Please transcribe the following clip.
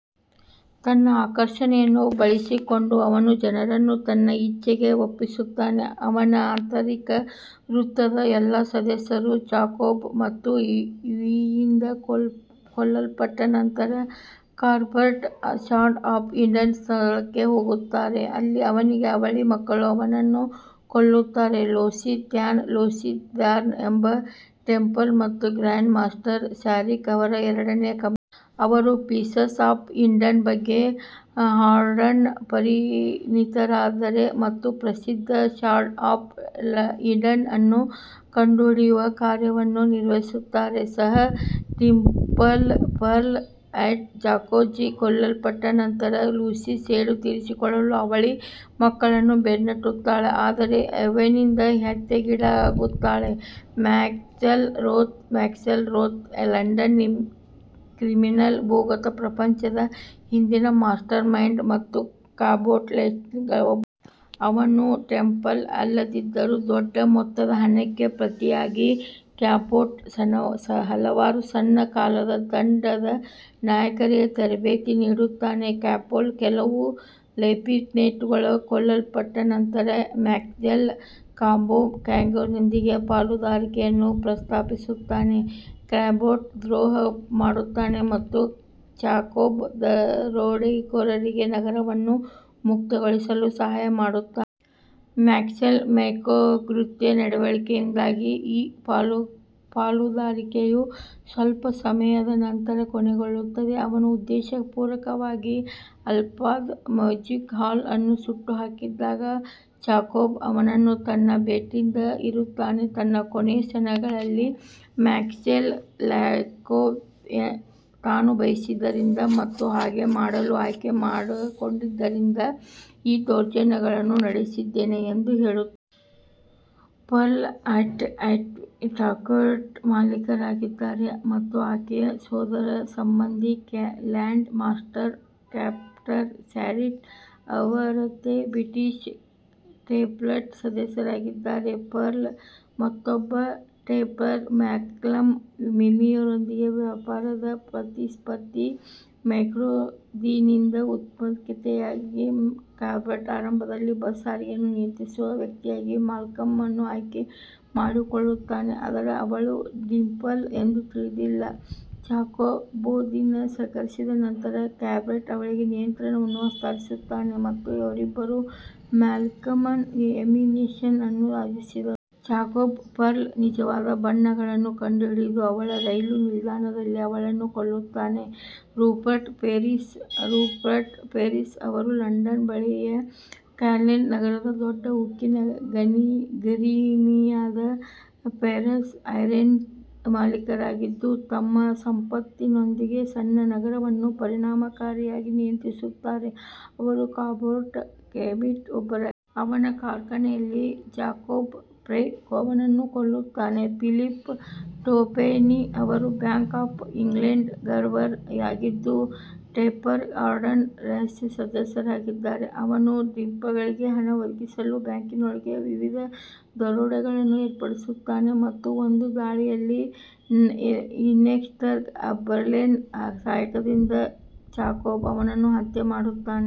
ತನ್ನ ಆಕರ್ಷಣೆಯನ್ನು ಬಳಸಿಕೊಂಡು, ಅವನು ಜನರನ್ನು ತನ್ನ ಇಚ್ಛೆಗೆ ಒಪ್ಪಿಸುತ್ತಾನೆ. ಅವನ ಆಂತರಿಕ ವೃತ್ತದ ಎಲ್ಲಾ ಸದಸ್ಯರು ಜಾಕೋಬ್ ಮತ್ತು ಇವಿಯಿಂದ ಕೊಲ್ಲಲ್ಪಟ್ಟ ನಂತರ, ಕ್ರಾಫರ್ಡ್ ಶ್ರೌಡ್ ಆಫ್ ಈಡನ್ ಸ್ಥಳಕ್ಕೆ ಹೋಗುತ್ತಾನೆ, ಅಲ್ಲಿ ಅವನಿಗೆ ಅವಳಿ ಮಕ್ಕಳು ಅವನನ್ನು ಕೊಲ್ಲುತ್ತಾರೆ. ಲೂಸಿ ಥಾರ್ನ್ ಲೂಸಿ ಥಾರ್ನ್ ಒಬ್ಬ ಟೆಂಪ್ಲರ್ ಮತ್ತು ಗ್ರ್ಯಾಂಡ್ ಮಾಸ್ಟರ್ ಸ್ಟಾರ್ರಿಕ್ ಅವರ ಎರಡನೇ-ಕಮಾಂಡ್. ಅವರು ಪೀಸಸ್ ಆಫ್ ಈಡನ್ ಬಗ್ಗೆ ಆರ್ಡರ್ನ ಪರಿಣತರಾಗಿದ್ದಾರೆ ಮತ್ತು ಪ್ರಸಿದ್ಧ ಶ್ರೌಡ್ ಆಫ್ ಈಡನ್ ಅನ್ನು ಕಂಡುಹಿಡಿಯುವ ಕಾರ್ಯವನ್ನು ನಿರ್ವಹಿಸುತ್ತಾರೆ. ಸಹ ಟೆಂಪ್ಲರ್ ಪರ್ಲ್ ಅಟ್ವೇ ಜಾಕೋಬ್ನಿಂದ ಕೊಲ್ಲಲ್ಪಟ್ಟ ನಂತರ, ಲೂಸಿ ಸೇಡು ತೀರಿಸಿಕೊಳ್ಳಲು ಅವಳಿ ಮಕ್ಕಳನ್ನು ಬೆನ್ನಟ್ಟುತ್ತಾಳೆ, ಆದರೆ ಇವಿಯಿಂದ ಹತ್ಯೆಗೀಡಾಗುತ್ತಾಳೆ. ಮ್ಯಾಕ್ಸ್ವೆಲ್ ರೋತ್ ಮ್ಯಾಕ್ಸ್ವೆಲ್ ರೋತ್ ಲಂಡನ್ನ ಕ್ರಿಮಿನಲ್ ಭೂಗತ ಪ್ರಪಂಚದ ಹಿಂದಿನ ಮಾಸ್ಟರ್ ಮೈಂಡ್ ಮತ್ತು ಕ್ರಾಫೋರ್ಡ್ನ ಲೆಫ್ಟಿನೆಂಟ್ಗಳಲ್ಲಿ ಒಬ್ಬರು. ಅವನು ಟೆಂಪ್ಲರ್ ಅಲ್ಲದಿದ್ದರೂ, ದೊಡ್ಡ ಮೊತ್ತದ ಹಣಕ್ಕೆ ಪ್ರತಿಯಾಗಿ ಕ್ರಾಫೋರ್ಡ್ನ ಹಲವಾರು ಸಣ್ಣ-ಕಾಲದ ತಂಡದ ನಾಯಕರಿಗೆ ತರಬೇತಿ ನೀಡುತ್ತಾನೆ. ಕ್ರಾಫೋರ್ಡ್ನ ಕೆಲವು ಲೆಫ್ಟಿನೆಂಟ್ಗಳು ಕೊಲ್ಲಲ್ಪಟ್ಟ ನಂತರ, ಮ್ಯಾಕ್ಸ್ವೆಲ್ ಜಾಕೋಬ್ನ ಗ್ಯಾಂಗ್ನೊಂದಿಗೆ ಪಾಲುದಾರಿಕೆಯನ್ನು ಪ್ರಸ್ತಾಪಿಸುತ್ತಾನೆ, ಕ್ರಾಫೋರ್ಡ್ಗೆ ದ್ರೋಹ ಮಾಡುತ್ತಾನೆ ಮತ್ತು ಜಾಕೋಬ್ನ ದರೋಡೆಕೋರರಿಗೆ ನಗರವನ್ನು ಮುಕ್ತಗೊಳಿಸಲು ಸಹಾಯ ಮಾಡುತ್ತಾನೆ. ಮ್ಯಾಕ್ಸ್ವೆಲ್ನ ಮನೋವಿಕೃತ ನಡವಳಿಕೆಯಿಂದಾಗಿ ಈ ಪಾಲುದಾರಿಕೆಯು ಸ್ವಲ್ಪ ಸಮಯದ ನಂತರ ಕೊನೆಗೊಳ್ಳುತ್ತದೆ. ಅವನು ಉದ್ದೇಶಪೂರ್ವಕವಾಗಿ ಅಲ್ಹಂಬ್ರಾ ಮ್ಯೂಸಿಕ್ ಹಾಲ್ ಅನ್ನು ಸುಟ್ಟುಹಾಕಿದಾಗ, ಜಾಕೋಬ್ ಅವನನ್ನು ತನ್ನ ಬ್ಲೇಡ್ನಿಂದ ಇರಿಯುತ್ತಾನೆ. ತನ್ನ ಕೊನೆಯ ಕ್ಷಣಗಳಲ್ಲಿ, ಮ್ಯಾಕ್ಸ್ವೆಲ್ ಜಾಕೋಬ್ಗೆ ತಾನು ಬಯಸಿದ್ದರಿಂದ ಮತ್ತು ಹಾಗೆ ಮಾಡಲು ಆಯ್ಕೆ ಮಾಡಿಕೊಂಡಿದ್ದರಿಂದ ಈ ದೌರ್ಜನ್ಯಗಳನ್ನು ನಡೆಸಿದ್ದೇನೆ ಎಂದು ಹೇಳುತ್ತಾನೆ. ಪರ್ಲ್ ಅಟ್ವೇ ಅಟ್ವೇ ಟ್ರಾನ್ಸ್ಪೋರ್ಟ್ನ ಮಾಲೀಕರಾಗಿದ್ದಾರೆ ಮತ್ತು ಆಕೆಯ ಸೋದರಸಂಬಂಧಿ ಗ್ರ್ಯಾಂಡ್ ಮಾಸ್ಟರ್ ಕ್ರಾಫರ್ಡ್ ಸ್ಟಾರ್ರಿಕ್ ಅವರಂತೆಯೇ ಬ್ರಿಟಿಷ್ ಟೆಂಪ್ಲರ್ಗಳ ಸದಸ್ಯರಾಗಿದ್ದಾರೆ. ಪರ್ಲ್ ಮತ್ತೊಬ್ಬ ಟೆಂಪ್ಲರ್ ಮಾಲ್ಕಮ್ ಮಿಲ್ನರ್ರೊಂದಿಗೆ ವ್ಯಾಪಾರದ ಪ್ರತಿಸ್ಪರ್ಧಿ. ಪರ್ಲ್ನೊಂದಿಗಿನ ಉದ್ವಿಗ್ನತೆಯಿಂದಾಗಿ ಕ್ರಾಫರ್ಡ್ ಆರಂಭದಲ್ಲಿ ಬಸ್ ಸಾರಿಗೆಯನ್ನು ನಿಯಂತ್ರಿಸುವ ವ್ಯಕ್ತಿಯಾಗಿ ಮಾಲ್ಕಮ್ ಅನ್ನು ಆಯ್ಕೆ ಮಾಡಿಕೊಳ್ಳುತ್ತಾನೆ, ಆದರೆ ಅವಳು ಟೆಂಪ್ಲರ್ ಎಂದು ತಿಳಿದಿಲ್ಲದ ಜಾಕೋಬ್ನೊಂದಿಗೆ ಸಹಕರಿಸಿದ ನಂತರ, ಕ್ರಾಫರ್ಡ್ ಅವಳಿಗೆ ನಿಯಂತ್ರಣವನ್ನು ಹಸ್ತಾಂತರಿಸುತ್ತಾನೆ ಮತ್ತು ಅವರಿಬ್ಬರೂ ಮಾಲ್ಕಮ್ನ ಎಲಿಮಿನೇಷನ್ ಅನ್ನು ಆಯೋಜಿಸುತ್ತಾರೆ. ಜಾಕೋಬ್ ಪರ್ಲ್ನ ನಿಜವಾದ ಬಣ್ಣಗಳನ್ನು ಕಂಡುಹಿಡಿದು ಅವಳ ರೈಲು ನಿಲ್ದಾಣದಲ್ಲಿ ಅವಳನ್ನು ಕೊಲ್ಲುತ್ತಾನೆ. ರೂಪರ್ಟ್ ಫೆರ್ರಿಸ್ ರೂಪರ್ಟ್ ಫೆರ್ರಿಸ್ ಅವರು ಲಂಡನ್ ಬಳಿಯ ಕ್ರಾಯ್ಡನ್ ನಗರದ ದೊಡ್ಡ ಉಕ್ಕಿನ ಗಿರಣಿಯಾದ ಫೆರ್ರಿಸ್ ಐರನ್ವರ್ಕ್ಸ್ನ ಮಾಲೀಕರಾಗಿದ್ದು, ತಮ್ಮ ಸಂಪತ್ತಿನೊಂದಿಗೆ ಸಣ್ಣ ನಗರವನ್ನು ಪರಿಣಾಮಕಾರಿಯಾಗಿ ನಿಯಂತ್ರಿಸುತ್ತಿದ್ದಾರೆ. ಅವರು ಕ್ರಾಫೋರ್ಡ್ನ ಲೆಫ್ಟಿನೆಂಟ್ಗಳಲ್ಲಿ ಒಬ್ಬರಾಗಿದ್ದಾರೆ. ಅವನ ಕಾರ್ಖಾನೆಯಲ್ಲಿ ಜಾಕೋಬ್ ಫ್ರೈ ಅವನನ್ನು ಕೊಲ್ಲುತ್ತಾನೆ. ಫಿಲಿಪ್ ಟ್ವೊಪೆನ್ನಿ ಅವರು ಬ್ಯಾಂಕ್ ಆಫ್ ಇಂಗ್ಲೆಂಡ್ನ ಗವರ್ನರ್ ಆಗಿದ್ದು, ಟೆಂಪ್ಲರ್ ಆರ್ಡರ್ನ ರಹಸ್ಯ ಸದಸ್ಯರಾಗಿದ್ದಾರೆ. ಅವನು ಟೆಂಪ್ಲರ್ಗಳಿಗೆ ಹಣ ಒದಗಿಸಲು ಬ್ಯಾಂಕಿನೊಳಗೆ ವಿವಿಧ ದರೋಡೆಗಳನ್ನು ಏರ್ಪಡಿಸುತ್ತಾನೆ, ಮತ್ತು ಒಂದು ದಾಳಿಯಲ್ಲಿ, ಇನ್ಸ್ಪೆಕ್ಟರ್ ಅಬರ್ಲೈನ್ನ ಸಹಾಯದಿಂದ ಜಾಕೋಬ್ ಅವನನ್ನು ಹತ್ಯೆ ಮಾಡುತ್ತಾನೆ.